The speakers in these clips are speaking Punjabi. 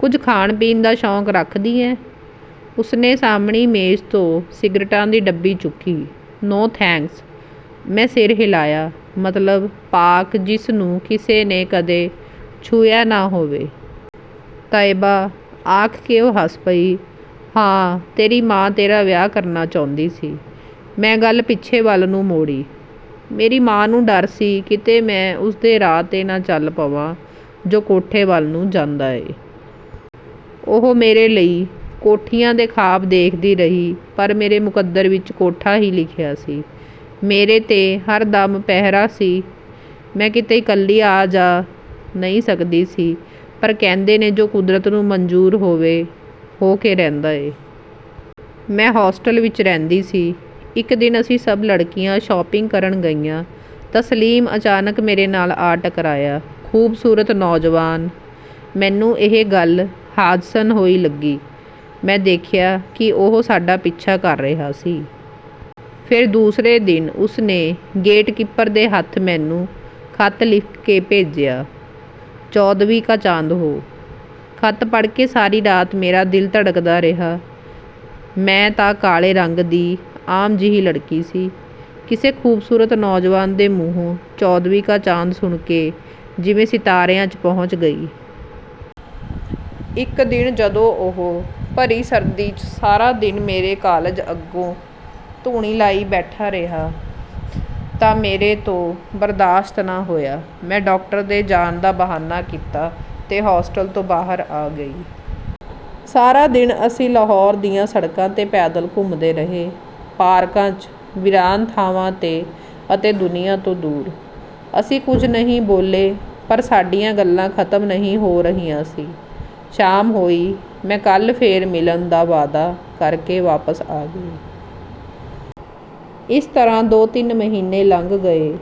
"ਕੁਝ ਖਾਣ ਪੀਣ ਦਾ ਸ਼ੌਕ ਰੱਖਦੀ ਏਂ? " ਉਸ ਨੇ ਸਾਹਮਣੀ ਮੇਜ਼ ਤੋਂ ਸਿਗਰਟਾਂ ਦੀ ਡੱਬੀ ਚੁੱਕੀ। "ਨੋ…. ਥੈਂਕਸ। " ਮੈਂ ਸਿਰ ਹਿਲਾਇਆ। ਮਤਲਬ ਪਾਕ ਜਿਸ ਨੂੰ ਕਿਸੇ ਨੇ ਕਦੇ ਛੁਹਿਆ ਨਾ ਹੋਵੇ। ਤਈਅਬਾ। " ਆਖ ਕੇ ਉਹ ਹੱਸ ਪਈ। "ਹਾਂ, ਤੇਰੀ ਮਾਂ ਤੇਰਾ ਵਿਆਹ ਕਰਨਾ ਚਾਹੁੰਦੀ ਸੀ। " ਮੈਂ ਗੱਲ ਪਿੱਛੇ ਵੱਲ ਨੂੰ ਮੋੜੀ। "ਮੇਰੀ ਮਾਂ ਨੂੰ ਡਰ ਸੀ ਕਿਤੇ ਮੈਂ ਉਸੇ ਰਾਹ 'ਤੇ ਨਾ ਚੱਲ ਪਵਾਂ ਜੋ ਕੋਠੇ ਵੱਲ ਨੂੰ ਜਾਂਦਾ ਏ। ਉਹ ਮੇਰੇ ਲਈ ਕੋਠੀਆਂ ਦੇ ਖਾਬ ਦੇਖਦੀ ਰਹੀ ਪਰ ਮੇਰੇ ਮੁਕੱਦਰ ਵਿਚ ਕੋਠਾ ਹੀ ਲਿਖਿਆ ਸੀ। ਮੇਰੇ 'ਤੇ ਹਰ ਦਮ ਪਹਿਰਾ ਸੀ। ਮੈਂ ਕਿਤੇ ਇਕੱਲੀ ਆ ਜਾ ਨਹੀਂ ਸਕਦੀ ਸੀ ਪਰ ਕਹਿੰਦੇ ਨੇ ਜੋ ਕੁਦਰਤ ਨੂੰ ਮੰਜ਼ੂਰ ਹੋਵੇ ਹੋ ਕੇ ਰਹਿੰਦਾ ਏ। ਮੈਂ ਹੋਸਟਲ ਵਿਚ ਰਹਿੰਦੀ ਸੀ। ਇੱਕ ਦਿਨ ਅਸੀਂ ਸਭ ਲੜਕੀਆਂ ਸ਼ਾਪਿੰਗ ਕਰਨ ਗਈਆਂ ਤਾਂ ਸਲੀਮ ਅਚਾਨਕ ਮੇਰੇ ਨਾਲ ਆ ਟਕਰਾਇਆ। ਖੂਬਸੂਰਤ ਨੌਜਵਾਨ। ਮੈਨੂੰ ਇਹ ਗੱਲ ਹਾਦਸਨ ਹੋਈ ਲੱਗੀ। ਮੈਂ ਦੇਖਿਆ ਕਿ ਉਹ ਸਾਡਾ ਪਿੱਛਾ ਕਰ ਰਿਹਾ ਸੀ। ਫੇਰ ਦੂਸਰੇ ਦਿਨ ਉਸ ਨੇ ਗੇਟਕੀਪਰ ਦੇ ਹੱਥ ਮੈਨੂੰ ਖ਼ਤ ਲਿਖ ਕੇ ਭੇਜਿਆ। "ਚੌਦਵੀਂ ਕਾ ਚਾਂਦ ਹੋ…। " ਖ਼ਤ ਪੜ੍ਹ ਕੇ ਸਾਰੀ ਰਾਤ ਮੇਰਾ ਦਿਲ ਧੜਕਦਾ ਰਿਹਾ। ਮੈਂ ਤਾਂ ਕਾਲੇ ਰੰਗ ਦੀ ਆਮ ਜਿਹੀ ਲੜਕੀ ਸੀ… ਕਿਸੇ ਖ਼ੂਬਸੂਰਤ ਨੌਜਵਾਨ ਦੇ ਮੂੰਹੋਂ 'ਚੌਦਵੀਂ ਕਾ ਚਾਂਦ' ਸੁਣ ਕੇ ਜਿਵੇਂ ਸਿਤਾਰਿਆਂ 'ਚ ਪਹੁੰਚ ਗਈ। ਇੱਕ ਦਿਨ ਜਦੋਂ ਉਹ ਭਰੀ ਸਰਦੀ 'ਚ ਸਾਰਾ ਦਿਨ ਮੇਰੇ ਕਾਲਜ ਅੱਗੋਂ ਧੂਣੀ ਲਾਈ ਬੈਠਾ ਰਿਹਾ ਤਾਂ ਮੇਰੇ ਤੋਂ ਬਰਦਾਸ਼ਤ ਨਾ ਹੋਇਆ। ਮੈਂ ਡਾਕਟਰ ਦੇ ਜਾਣ ਦਾ ਬਹਾਨਾ ਕੀਤਾ ਤੇ ਹੋਸਟਲ ਤੋਂ ਬਾਹਰ ਆ ਗਈ। ਸਾਰਾ ਦਿਨ ਅਸੀਂ ਲਾਹੌਰ ਦੀਆਂ ਸੜਕਾਂ 'ਤੇ ਪੈਦਲ ਘੁੰਮਦੇ ਰਹੇ। ਪਾਰਕਾਂ 'ਚ, ਵੀਰਾਨ ਥਾਵਾਂ 'ਤੇ ਅਤੇ ਦੁਨੀਆਂ ਤੋਂ ਦੂਰ। ਅਸੀਂ ਕੁਝ ਨਹੀਂ ਬੋਲੇ ਪਰ ਸਾਡੀਆਂ ਗੱਲਾਂ ਖ਼ਤਮ ਨਹੀਂ ਹੋ ਰਹੀਆਂ ਸੀ। ਸ਼ਾਮ ਹੋਈ ਮੈਂ 'ਕੱਲ੍ਹ ਫੇਰ ਮਿਲਣ' ਦਾ ਵਾਅਦਾ ਕਰ ਕੇ ਵਾਪਸ ਆ ਗਈ। ਇਸ ਤਰ੍ਹਾਂ ਦੋ ਤਿੰਨ ਮਹੀਨੇ ਲੰਘ ਗਏ।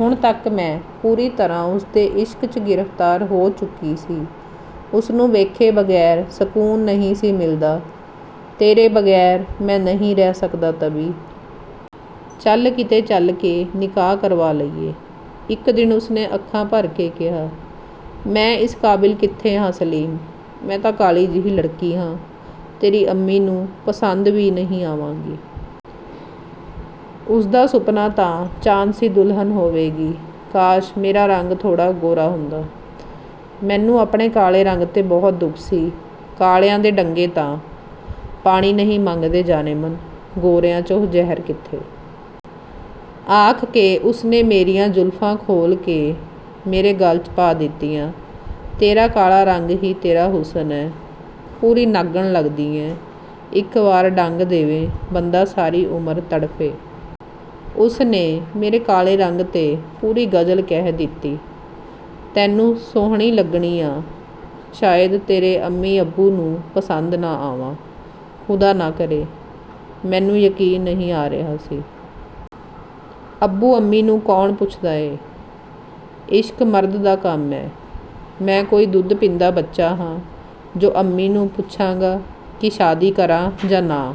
ਹੁਣ ਤੱਕ ਮੈਂ ਪੂਰੀ ਤਰ੍ਹਾਂ ਉਸ ਦੇ ਇਸ਼ਕ 'ਚ ਗ੍ਰਿਫਤਾਰ ਹੋ ਚੁੱਕੀ ਸੀ। ਉਸ ਨੂੰ ਵੇਖੇ ਬਗੈਰ ਸਕੂਨ ਨਹੀਂ ਸੀ ਮਿਲਦਾ। "ਤੇਰੇ ਬਗ਼ੈਰ ਮੈਂ ਨਹੀਂ ਰਹਿ ਸਕਦਾ ਤਬੀ। ਚੱਲ ਕਿਤੇ ਚੱਲ ਕੇ ਨਿਕਾਹ ਕਰਵਾ ਲਈਏ। " ਇੱਕ ਦਿਨ ਉਸ ਨੇ ਅੱਖਾਂ ਭਰ ਕੇ ਕਿਹਾ। "ਮੈਂ ਇਸ ਕਾਬਿਲ ਕਿਥੇ ਹਾਂ ਸਲੀਮ। ਮੈਂ ਤਾਂ ਕਾਲੀ ਜਿਹੀ ਲੜਕੀ ਹਾਂ, ਤੇਰੀ ਅੰਮੀ ਨੂੰ ਪਸੰਦ ਵੀ ਨਹੀਂ ਆਵਾਂਗੀ। ਉਸ ਦਾ ਸੁਪਨਾ ਤਾਂ ਚਾਂਦ ਸੀ ਦੁਲਹਨ ਹੋਵੇਗੀ। ਕਾਸ਼! ਮੇਰਾ ਰੰਗ ਥੋੜ੍ਹਾ ਗੋਰਾ ਹੁੰਦਾ। " ਮੈਨੂੰ ਆਪਣੇ ਕਾਲੇ ਰੰਗ 'ਤੇ ਬਹੁਤ ਦੁਖ ਸੀ। ਕਾਲਿਆਂ ਦੇ ਡੰਗੇ ਪਾਣੀ ਨਹੀਂ ਮੰਗਦੇ ਜਾਨੇਮਨ। ਗੋਰਿਆਂ 'ਚ ਉਹ ਜ਼ਹਿਰ ਕਿੱਥੇ! " ਆਖ ਕੇ ਉਸ ਨੇ ਮੇਰੀਆਂ ਜ਼ੁਲਫਾਂ ਖੋਲ੍ਹ ਕੇ ਮੇਰੇ ਗਲ਼ 'ਚ ਪਾ ਦਿੱਤੀਆਂ। "ਤੇਰਾ ਕਾਲਾ ਰੰਗ ਹੀ ਤੇਰਾ ਹੁਸਨ ਏ। ਪੂਰੀ ਨਾਗਣ ਲੱਗਣੀ ਏਂ, ਇੱਕ ਵਾਰ ਡੰਗ ਦੇਵੇਂ ਬੰਦਾ ਸਾਰੀ ਉਮਰ ਤੜਫੇ। " ਉਸ ਨੇ ਮੇਰੇ ਕਾਲੇ ਰੰਗ 'ਤੇ ਪੂਰੀ ਗਜ਼ਲ ਕਹਿ ਦਿੱਤੀ। "ਤੈਨੂੰ ਸੁਹਣੀ ਲੱਗਣੀ ਆਂ। ਸ਼ਾਇਦ ਤੇਰੇ ਅੰਮੀ ਅੱਬੂ ਨੂੰ ਪਸੰਦ ਨਾ ਆਵਾਂ, ਖੁਦਾ ਨਾ ਕਰੇ। " ਮੈਨੂੰ ਯਕੀਨ ਨਹੀਂ ਆ ਰਿਹਾ ਸੀ। "ਅੱਬੂ ਅੰਮੀ ਨੂੰ ਕੌਣ ਪੁੱਛਦਾ ਏ। ਇਸ਼ਕ ਮਰਦਾਂ ਦਾ ਕੰਮ ਏ। ਮੈਂ ਕੋਈ ਦੁੱਧ ਪੀਂਦਾ ਬੱਚਾ ਹਾਂ ਜੋ ਅੰਮੀ ਨੂੰ ਪੁੱਛਾਂਗਾ ਕਿ ਸ਼ਾਦੀ ਕਰਾਂ ਜਾਂ ਨਾ?